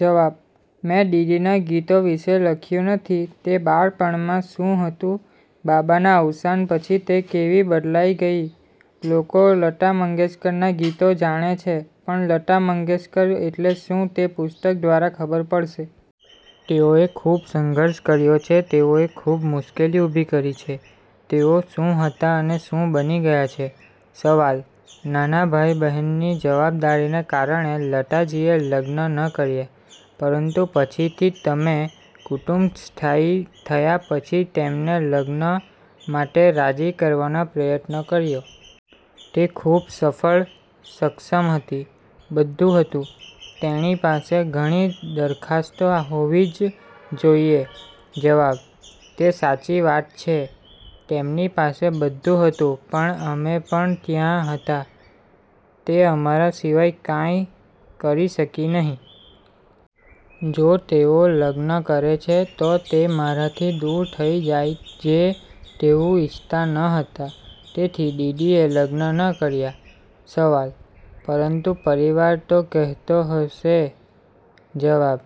જવાબ: મેં દીદીના ગીતો વિશે લખ્યું નથી. તે બાળપણમાં શું હતું, બાબાના અવસાન પછી તે કેવી બદલાઈ ગઈ. લોકો લતા મંગેશકરના ગીતો જાણે છે, પણ લતા મંગેશકર એટલે શું તે પુસ્તક દ્વારા ખબર પડશે. તેઓએ ખૂબ સંઘર્ષ કર્યો છે, તેઓએ ખૂબ મુશ્કેલી ઉભી કરી છે, તેઓ શું હતા અને શું બની ગયા છે. સવાલ: નાના ભાઈ-બહેનની જવાબદારીને કારણે લતાજીએ લગ્ન ન કર્યા, પરંતુ પછીથી તમે કુટુંબ સ્થાયી થયા પછી તેમને લગ્ન માટે રાજી કરવાનો પ્રયત્ન કર્યો? તે ખૂબ સફળ, સક્ષમ હતી, બધું હતું, તેણી પાસે ઘણી દરખાસ્તો હોવી જ જોઇએ? જવાબ: તે સાચી વાત છે, તેમની પાસે બધું હતું પણ અમે પણ ત્યાં હતા. તે અમારા સિવાય કાંઈ કરી શકી નહીં. જો તેઓ લગ્ન કરે છે, તો તે મારાથી દૂર થઈ જાય જે તેવું ઇચ્છતા ન હતા. તેથી દીદીએ લગ્ન ન કર્યા. સવાલ: પરંતુ પરિવાર તો કહેતો હશે? જવાબ: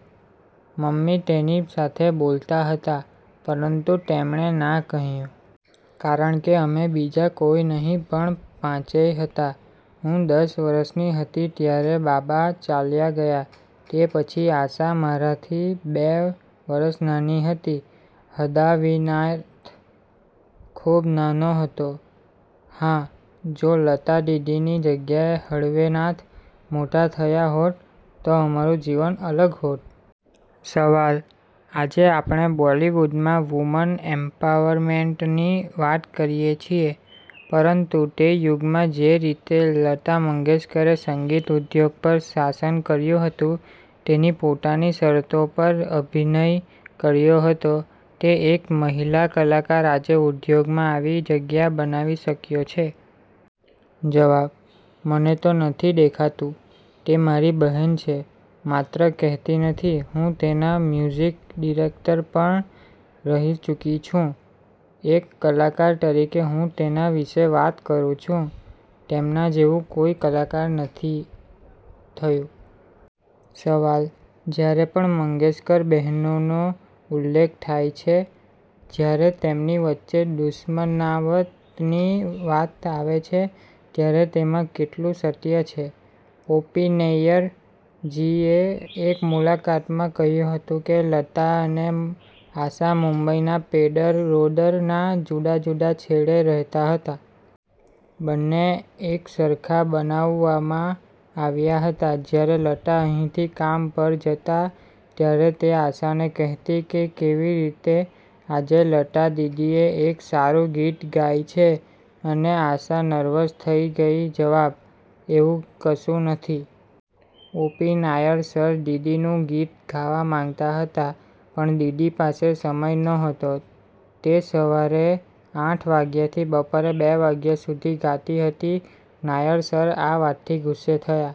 મમ્મી તેની સાથે બોલતા હતા, પરંતુ તેમણે ના કહ્યું. કારણ કે અમે બીજા કોઈ નહીં પણ પાંચેય હતા. હું દસ વર્ષની હતી ત્યારે બાબા ચાલ્યા ગયા. તે પછી આશા મારાથી બે વર્ષ નાની હતી. હદાવિનાથ ખૂબ નાનો હતો. હા, જો લતા દીદીની જગ્યાએ હડવેનાથ મોટા થયા હોત, તો અમારું જીવન અલગ હોત. સવાલ: આજે આપણે બોલિવૂડમાં વુમન એમ્પાવરમેન્ટની વાત કરીએ છીએ, પરંતુ તે યુગમાં જે રીતે લતા મંગેશકરે સંગીત ઉદ્યોગ પર શાસન કર્યું હતું, તેની પોતાની શરતો પર અભિનય કર્યો હતો, તે એક મહિલા કલાકાર આજે ઉદ્યોગમાં આવી જગ્યા બનાવી શક્યો છે? જવાબ: મને તો નથી દેખાતું. તે મારી બહેન છે, માત્ર કહેતી નથી. હું તેના મ્યુઝિક ડિરેક્ટર પણ રહી ચૂકી છું, એક કલાકાર તરીકે હું તેના વિશે વાત કરું છું. તેમના જેવું કોઈ કલાકાર નથી થયું. સવાલ: જ્યારે પણ મંગેશકર બહેનોનો ઉલ્લેખ થાય છે, જ્યારે તેમની વચ્ચે દુશ્મનાવટની વાત આવે છે, ત્યારે તેમાં કેટલું સત્ય છે? ઓ. પી. નૈયર જીએ એક મુલાકાતમાં કહ્યું હતું કે, લતા અને આશા મુંબઈના પેડર રોડરના જુદા જુદા છેડે રહેતા હતા. બંને એકસરખા બનાવવામાં આવ્યા હતા. જ્યારે લતા અહીંથી કામ પર જતા ત્યારે તે આશાને કહેતી કે, કેવી રીતે આજે લતા દીદીએ એક સારું ગીત ગાય છે અને આશા નર્વસ થઈ ગઈ જવાબ: એવું કશું નથી. ઓ. પી. નાયર સર દિદીનું ગીત ગાવા માંગતા હતા. પણ દીદી પાસે સમય નહોતો. તે સવારે આઠ વાગ્યાથી બપોરે બે વાગ્યા સુધી ગાતી હતી. નાયર સર આ વાતથી ગુસ્સે થયા.